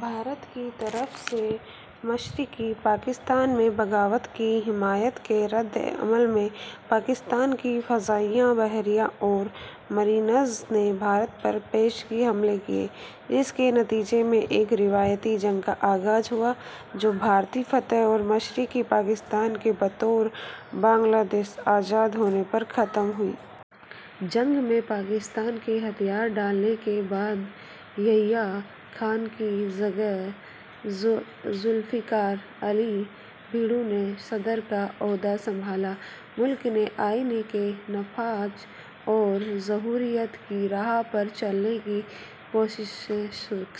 بھارت کی طرف سے مشرقی پاکستان میں بغاوت کی حمایت کے رد عمل میں، پاکستان کی فضائیہ، بحریہ اور میرینز نے بھارت پر پیشگی حملے کیے، جس کے نتیجے میں کی ایک روایتی جنگ کا آغاز ہوا جو بھارتی فتح اور مشرقی پاکستان کے بطور بنگلہ دیش آزاد ہونے پر ختم ہوئی۔ جنگ میں پاکستان کے ہتھیار ڈالنے کے بعد یحییٰ خان کی جگہ ذو الفقار علی بھٹو نے صدر کا عہدہ سنبھالا؛ ملک نے آئین کے نفاذ اور جمہوریت کی راہ پر چلنے کی کوششیں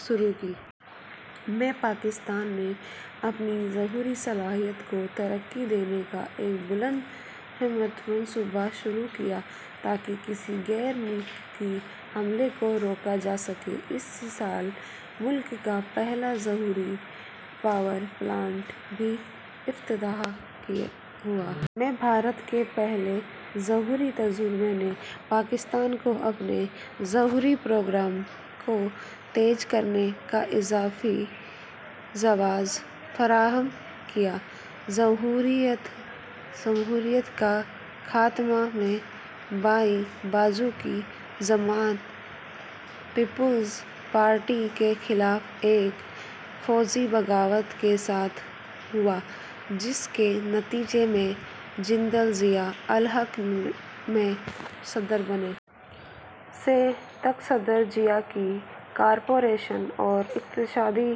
شروع کیں۔ میں پاکستان نے اپنی جوہری صلاحیت کو ترقی دینے کا ایک بلند ہمت منصوبہ شروع کیا تاکہ کسی غیر ملکی حملے کو روکا جا سکے؛ اسی سال ملک کا پہلا جوہری پاور پلانٹ بھی افتتاح ہوا۔ میں بھارت کے پہلے جوہری تجربے نے پاکستان کو اپنے جوہری پروگرام کو تیز کرنے کا اضافی جواز فراہم کیا۔ جمہوریت کا خاتمہ میں بائیں بازو کی جماعت پیپلز پارٹی کے خلاف ایک فوجی بغاوت کے ساتھ ہوا، جس کے نتیجے میں جنرل ضیاء الحق میں صدر بنے۔ سے تک صدر ضیاء کی کارپوریشن اور اقتصادی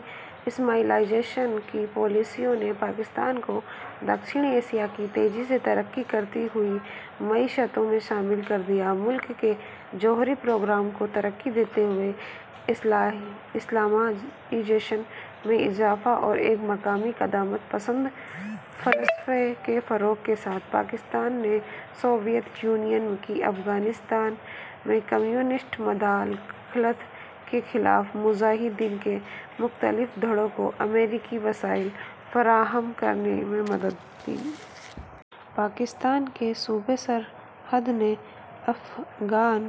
اسلامائزیشن کی پالیسیوں نے پاکستان کو جنوبی ایشیا کی تیزی سے ترقی کرتی ہوئی معیشتوں میں شامل کر دیا۔ ملک کے جوہری پروگرام کو ترقی دیتے ہوئے، اسلامائزیشن میں اضافہ اور ایک مقامی قدامت پسند فلسفے کے فروغ کے ساتھ، پاکستان نے سوویت یونین کی افغانستان میں کمیونسٹ مداخلت کے خلاف مجاہدین کے مختلف دھڑوں کو امریکی وسائل فراہم کرنے میں مدد دی۔ پاکستان کے صوبہ سرحد نے افغان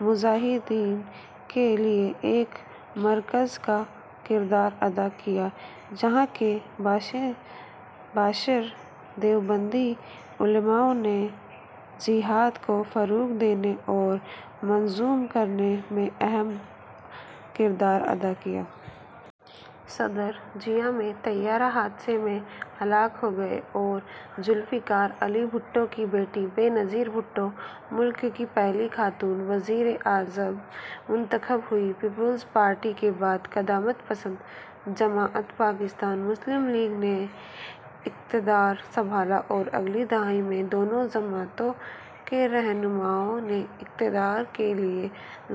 مجاہدین کے لیے ایک مرکز کا کردار ادا کیا، جہاں کے بااثر دیوبندی علما نے 'جہاد' کو فروغ دینے اور منظم کرنے میں اہم کردار ادا کیا۔ صدر ضیاء میں طیارہ حادثے میں ہلاک ہو گئے اور ذو الفقار علی بھٹو کی بیٹی بے نظیر بھٹو ملک کی پہلی خاتون وزیر اعظم منتخب ہوئیں۔ پیپلز پارٹی کے بعد قدامت پسند جماعت پاکستان مسلم لیگ نے اقتدار سنبھالا اور اگلی دہائی میں دونوں جماعتوں کے رہنماؤں نے اقتدار کے لیے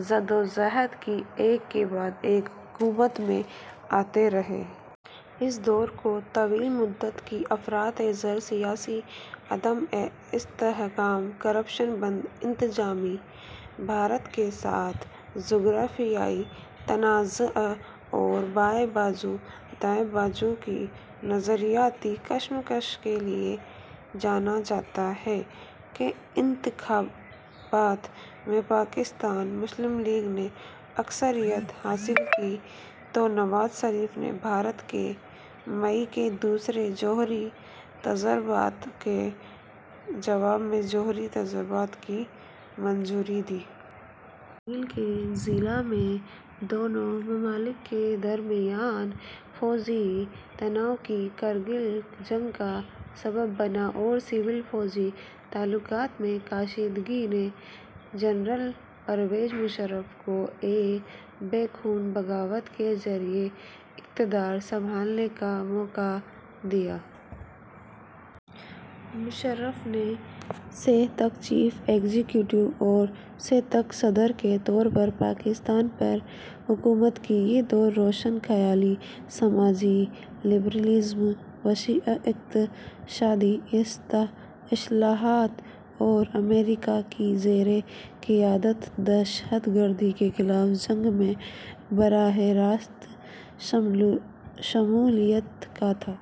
جدوجہد کی، ایک کے بعد ایک حکومت میں آتے رہے۔ اس دور کو طویل مدت کی افراط زر، سیاسی عدم استحکام، کرپشن، بدانتظامی، بھارت کے ساتھ جغرافیائی تنازع اور بائیں بازو-دائیں بازو کی نظریاتی کشمکش کے لیے جانا جاتا ہے۔ کے انتخابات میں پاکستان مسلم لیگ نے اکثریت حاصل کی تو نواز شریف نے بھارت کے مئی کے دوسرے جوہری تجربات کے جواب میں جوہری تجربات کی منظوری دی۔ کارگل کے ضلع میں دونوں ممالک کے درمیان فوجی تناؤ کی کارگل جنگ کا سبب بنا اور سول-فوجی تعلقات میں کشیدگی نے جنرل پرویز مشرف کو ایک بے خون بغاوت کے ذریعے اقتدار سنبھالنے کا موقع دیا۔ مشرف نے سے تک چیف ایگزیکٹو اور سے تک صدر کے طور پر پاکستان پر حکومت کی—یہ دور روشن خیالی، سماجی لبرل ازم، وسیع اقتصادی اصلاحات اور امریکا کی زیر قیادت دہشت گردی کے خلاف جنگ میں براہ راست شمولیت کا تھا۔